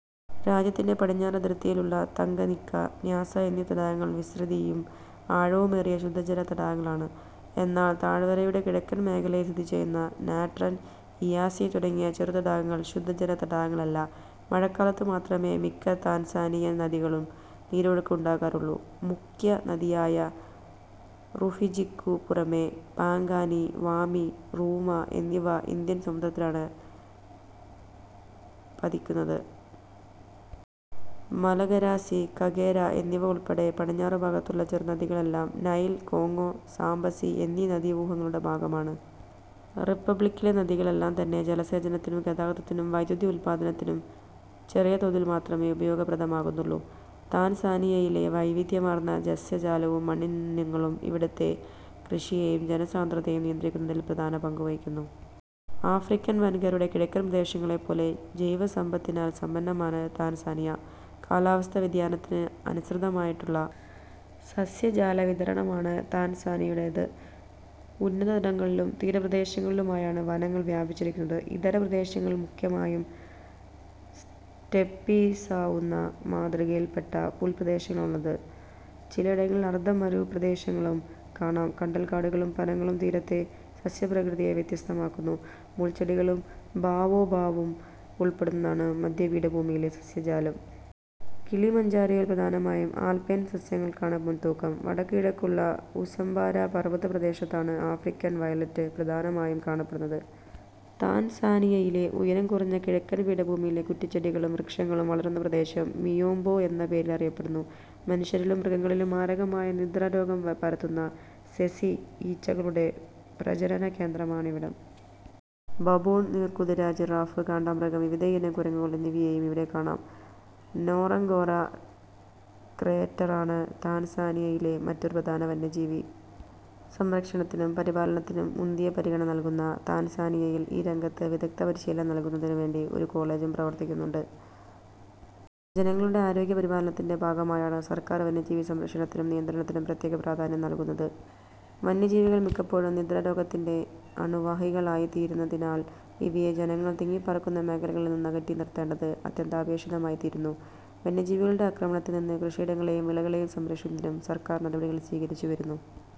രാജ്യത്തിന്റെ പടിഞ്ഞാറൻ അതിർത്തിയിലുള്ള തങ്കനീക്ക, ന്യാസ എന്നീ തടാകങ്ങൾ വിസ്തൃതിയും ആഴവുമേറിയ ശുദ്ധജല തടാകങ്ങളാണ്. എന്നാൽ താഴ്വവ രയുടെ കിഴക്കൻ മേഖലയിൽ സ്ഥിതിചെയ്യുന്ന നാട്രൺ, ഇയാസി തുടങ്ങിയ ചെറുതടാകങ്ങൾ ശുദ്ധജലതടാകങ്ങളല്ല. മഴക്കാലത്തു മാത്രമേ മിക്ക താൻസാനിയൻ നദികളിലും നീരൊഴുക്ക് ഉണ്ടാകാറുള്ളൂ. മുഖ്യ നദിയായ റുഫിജിക്കു പുറമേ പാങ്ഗാനി, വാമി, റുവുമ എന്നിവ ഇന്ത്യൻ സമുദ്രത്തിലാണ് നിപതിക്കുന്നത്. മലഗരാസി, കഗേര എന്നിവ ഉൾപ്പെടെ പടിഞ്ഞാറുഭാഗത്തുള്ള ചെറുനദികൾ എല്ലാം നൈൽ, കോങ്ഗോ, സാംബസി എന്നീ നദീവ്യൂഹങ്ങളുടെ ഭാഗമാണ്. റിപ്പബ്ളിക്കിലെ നദികൾ എല്ലാംതന്നെ ജലസേചനത്തിനും ഗതാഗതത്തിനും വൈദ്യുതി ഉത്പാദനത്തിനും ചെറിയ തോതിൽ മാത്രമേ ഉപയോഗപ്രദമാകുന്നുള്ളൂ. താൻസാനിയയിലെ വൈവിധ്യമാർന്ന സസ്യജാലവും മണ്ണിനങ്ങളും ഇവിടത്തെ കൃഷിയേയും ജനസാന്ദ്രതയേയും നിയന്ത്രിക്കുന്നതിൽ പ്രധാന പങ്കുവഹിക്കുന്നു. ആഫ്രിക്കൻ വൻകരയുടെ കിഴക്കൻ പ്രദേശങ്ങളെപ്പോലെ ജൈവസമ്പത്തിനാൽ സമ്പന്നമാണ് താൻസാനിയ. കാലാവസ്ഥാ വ്യതിയാനത്തിന് അനുസൃതമായിട്ടുള്ള സസ്യജാല വിതരണമാണ് താൻസാനിയയുടേത്. ഉന്നതതടങ്ങളിലും തീരപ്രദേശങ്ങളിലുമായാണ് വനങ്ങൾ വ്യാപിച്ചിരിക്കുന്നത്. ഇത്തരം പ്രദേശങ്ങളിൽ മുഖ്യമായും സ്റ്റെപ്പി-സാവുന്ന മാതൃകയിൽപ്പെട്ട പുൽപ്രദേശങ്ങളാണുള്ളത്. ചിലയിടങ്ങളിൽ അർധ മരുപ്രദേശസസ്യങ്ങളും കാണാം. കണ്ടൽക്കാടുകളും പനകളും തീരദേശത്തെ സസ്യപ്രകൃതിയെ വ്യത്യസ്തമാക്കുന്നു. മുൾച്ചെടികളും ബാവോ ബാവും ഉൾപ്പെടുന്നതാണ് മധ്യപീഠഭൂമിയിലെ സസ്യജാലം. കിലിമഞ്ജാരാ യിൽ പ്രധാനമായും ആൽപൈൻ സസ്യങ്ങൾക്കാണ് മുൻതൂക്കം. വടക്ക് കിഴക്കുള്ള ഉസംബരാ പർവതപ്രദേശത്താണ് 'ആഫ്രിക്കൻ വയലറ്റ്' പ്രധാനമായും കാണപ്പെടുന്നത്. താൻസാനിയയിലെ ഉയരം കുറഞ്ഞ കിഴക്കൻ പീഠഭൂമിയിലെ കുറ്റിച്ചെടികളും വൃക്ഷങ്ങളും വളരുന്ന പ്രദേശം മിയോംബോ എന്ന പേരിൽ അറിയപ്പെടുന്നു. മനുഷ്യരിലും മൃഗങ്ങളിലും മാരകമായ നിദ്രാരോഗം പരത്തുന്ന സെസി ഈച്ചകളുടെ പ്രജനനകേന്ദ്രമാണിവിടം. ബബൂൺ, നീർക്കുതിര, ജിറാഫ്, കാണ്ടാമൃഗം, വിവിധയിനം കുരങ്ങുകൾ എന്നിവയെയും ഇവിടെ കാണാം. നോറംഗോറ ക്രേറ്ററാണ് താൻസാനിയയിലെ മറ്റൊരു പ്രധാന വന്യജീവി സംരക്ഷണത്തിനും പരിപാലനത്തിനും മുന്തിയ പരിഗണന നല്കുന്ന താൻസാനിയയിൽ ഈ രംഗത്ത് വിദഗ്ധ പരിശീലനം നല്കുന്നതിനു വേണ്ടി ഒരു കോളേജും പ്രവർത്തിക്കുന്നുണ്ട്. ജനങ്ങളുടെ ആരോഗ്യ പരിപാലനത്തിന്റെ ഭാഗമായാണ് സർക്കാർ വന്യജീവി സംരക്ഷണത്തിനും നിയന്ത്രണത്തിനും പ്രത്യേക പ്രാധാന്യം നല്കുന്നത്. വന്യജീവികൾ മിക്കപ്പോഴും നിദ്രാരോഗത്തിന്റെ അണുവാഹികളായിത്തീരുന്നതിനാൽ ഇവയെ ജനങ്ങൾ തിങ്ങിപ്പാർക്കുന്ന മേഖലകളിൽ നിന്ന് അകറ്റി നിർത്തേണ്ടത് അത്യന്താപേക്ഷിതമായി തീരുന്നു. വന്യജീവികളുടെ ആക്രമണത്തിൽ നിന്ന് കൃഷിയിടങ്ങളേയും വിളകളേയും സംരക്ഷിക്കുന്നതിനും സർക്കാർ നടപടികൾ സ്വീകരിച്ചുവരുന്നു.